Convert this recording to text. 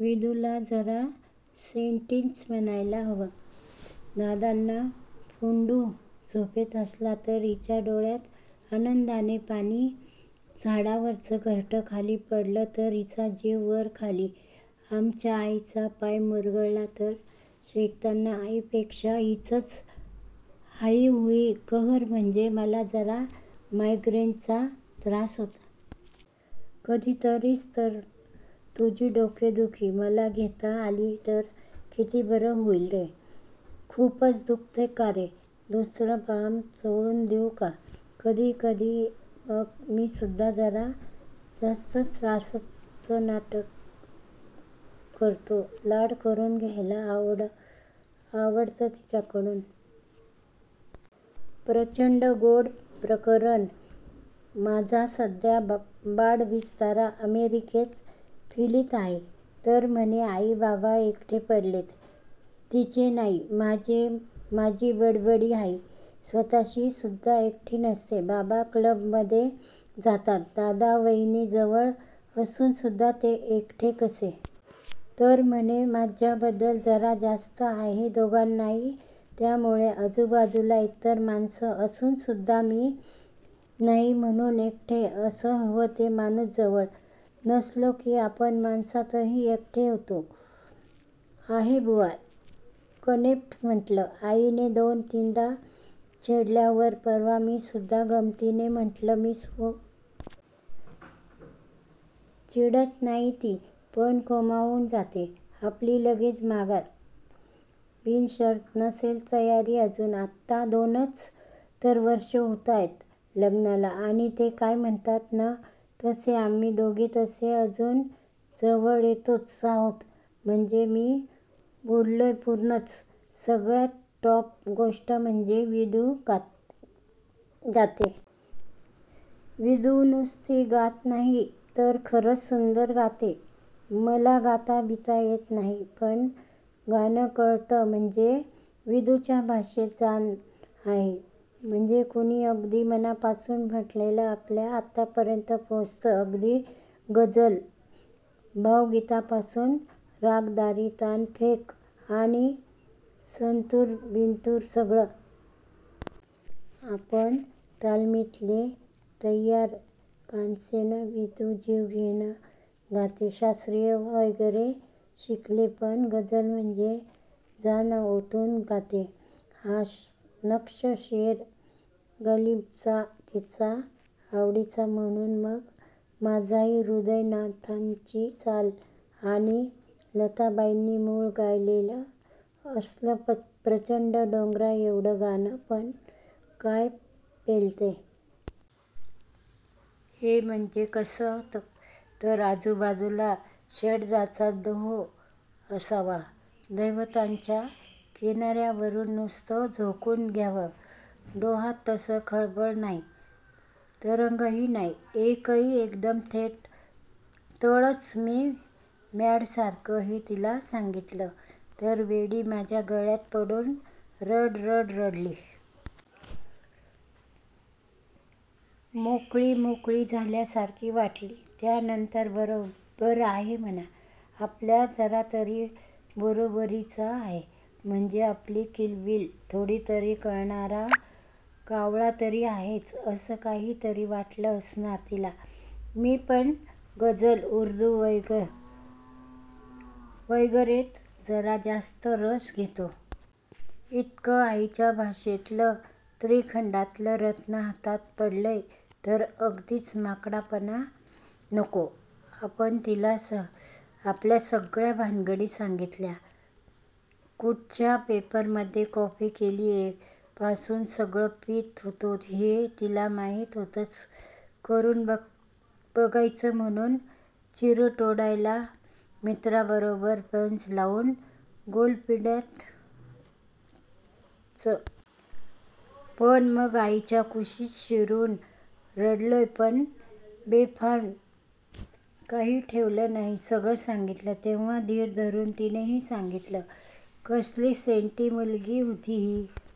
विदूला जरा सेंटीच म्हणायला हवं. दादाचा पुंडू झोपेत हसला तर हिच्या डोळ्यात आनन्दाने पाणी, झाडावरचं घरटं खाली पडलं तर हीचा जीव वर खाली, आमच्या आईचा पाय मुरगळला तर, शेकताना आईपेक्षा हिचंच हाई-हुई. कहर म्हणजे, मला जरा मायग्रेन चा त्रास होतो. कधीतरीच तर, तुझी डोकेदुखी मला घेता आली तर किती बरं होईल, रे, खूपच दुखतय कारे? दुसरा बाम चोळून देऊ का? कधी-कधी मग मीसुद्धा जरा जास्तच त्रासाचं नाटक करतो, लाड करून घ्यायला आवडतं तिच्याकडून. प्रच्चंड गोड प्रकरण. माझा सध्या बाड-बिस्तरा अमेरिकेत फिलीत आहे. तर म्हणे आई-बाबा एकटे पडलेत! तिचे नाही, माझे! माझी बडबडी आई स्वत:शी सुद्धा एकटी नसते. बाबा क्लबमध्ये जातात. दादा, वैनी जवळ असुनसुद्धा ते एकटे कसे? तर म्हणे माझ्याबद्दल जरा जास्तं आहे दोघांनाही. त्यामुळे आजूबाजूला इतर माणसं असूनसुद्धा 'मी' नाही म्हणून 'एकटे'. असं हवं ते माणूस जवळ नसलो की आपण माणसातही एकटे होतो. आहे बुवा कन्सेप्ट, म्हटलं! आईने दोन-तिनदा छेडल्यावर, परवा मी सुद्धा गमतीने म्हटलं 'मी सुद्धा एकटा आहे गं माझ्या अजून न झालेल्या मुलांशिवाय' तर एकदम गप्पच. चिडत नाही ती, पण कोमाऊन जाते. आपली लगेच माघार, बिनशर्त! नसेल तयारी अजून. आत्ता दोनच तर वर्षं होतायत लग्नाला आणि ते काय म्हणतात न,. तसे आम्ही दोघं तसे अजून जवळ येतोच आहोत. म्हणजे मी बुडलोय पूर्णच, सगळ्यात टॉप गोष्ट म्हणजे विदू "गाते"! विदू नुसती गात नाही, तर खरच सुंदर गाते. मला गाता-बिता येत नाही. पण गाणं कळतं. म्हणजे विदूच्या भाषेत, "जाण आहे". म्हणजे कुणी अगदी मनापासून म्हटलेलं आपल्या आतपर्यंत पोचतं. अगदी गझल, भावगीतापासून, रागदारी तानफेक आणि संतूर-बिंतूर, सगळं. आपण तालमितले तय्यार "कानसेन"! विदू जीवघेणं गाते. शास्त्रीय वगैरे शिकलीये पण गझल म्हणजे, जान ओतून गाते. हा नक्षं शेर गालिबचा तिचा आवडीचा म्हणून मग माझाही. हृदयनाथांची चाल आणि लताबाईंनी मूळ गायलेलं असलं प्रचंड डोंगराएवढं गाणं पण काय पेलते! हे म्हणजे कसं? तर, आजूबाजूला षडजाचा डोह असावा, धैवताच्या किनार्यावरून नुसतं झोकून द्यावं डोहात तसं. खळबळ नाही, तरंगही नाही, एकही! एकदम थेट तळंच. मी मॅडसारखं हे तिला सांगितलं तर वेडी माझ्या गळ्यात पडून रड-रड रडली. मोकळी मोकळी झाल्यासारखी वाटली त्यानंतर. बरोबरच आहे म्हणा, आपल्या जरातरी बरोबरीचा आहे, म्हणजे आपली किलबिल थोडीतरी कळणारा कावळा तरी आहेच, असं काहीतरी वाटलं असणार तिला. मी पण गझल, उर्दू वगैरेत जरा जास्तं रस घेतो. इतकं आईच्या भाषेतलं त्रिखंडातलं रत्नं हातात पडलय तर अगदीच माकडपणा नको. आपण तिला आपल्या सगळ्या भानगडी सांगितल्या.... कुठच्या पेपर मध्ये कॉपी केलीये पासून सगळं. पीत होतो हे तिला माहीत होतंच, करून बघायचं म्हणून चिरूट ओढलाय, मित्रांबरोबर पैज लावून गोलपिठ्यात चक्कर मारलीये.. पण मग आईच्या कुशीत शिरून रडलोय पण बेफाम.... काही ठेवलं नाही सगळं सांगितलं. तेव्हा धीर करून तिनेही सांगितल. कसली सेंटी मुलगी होती ही--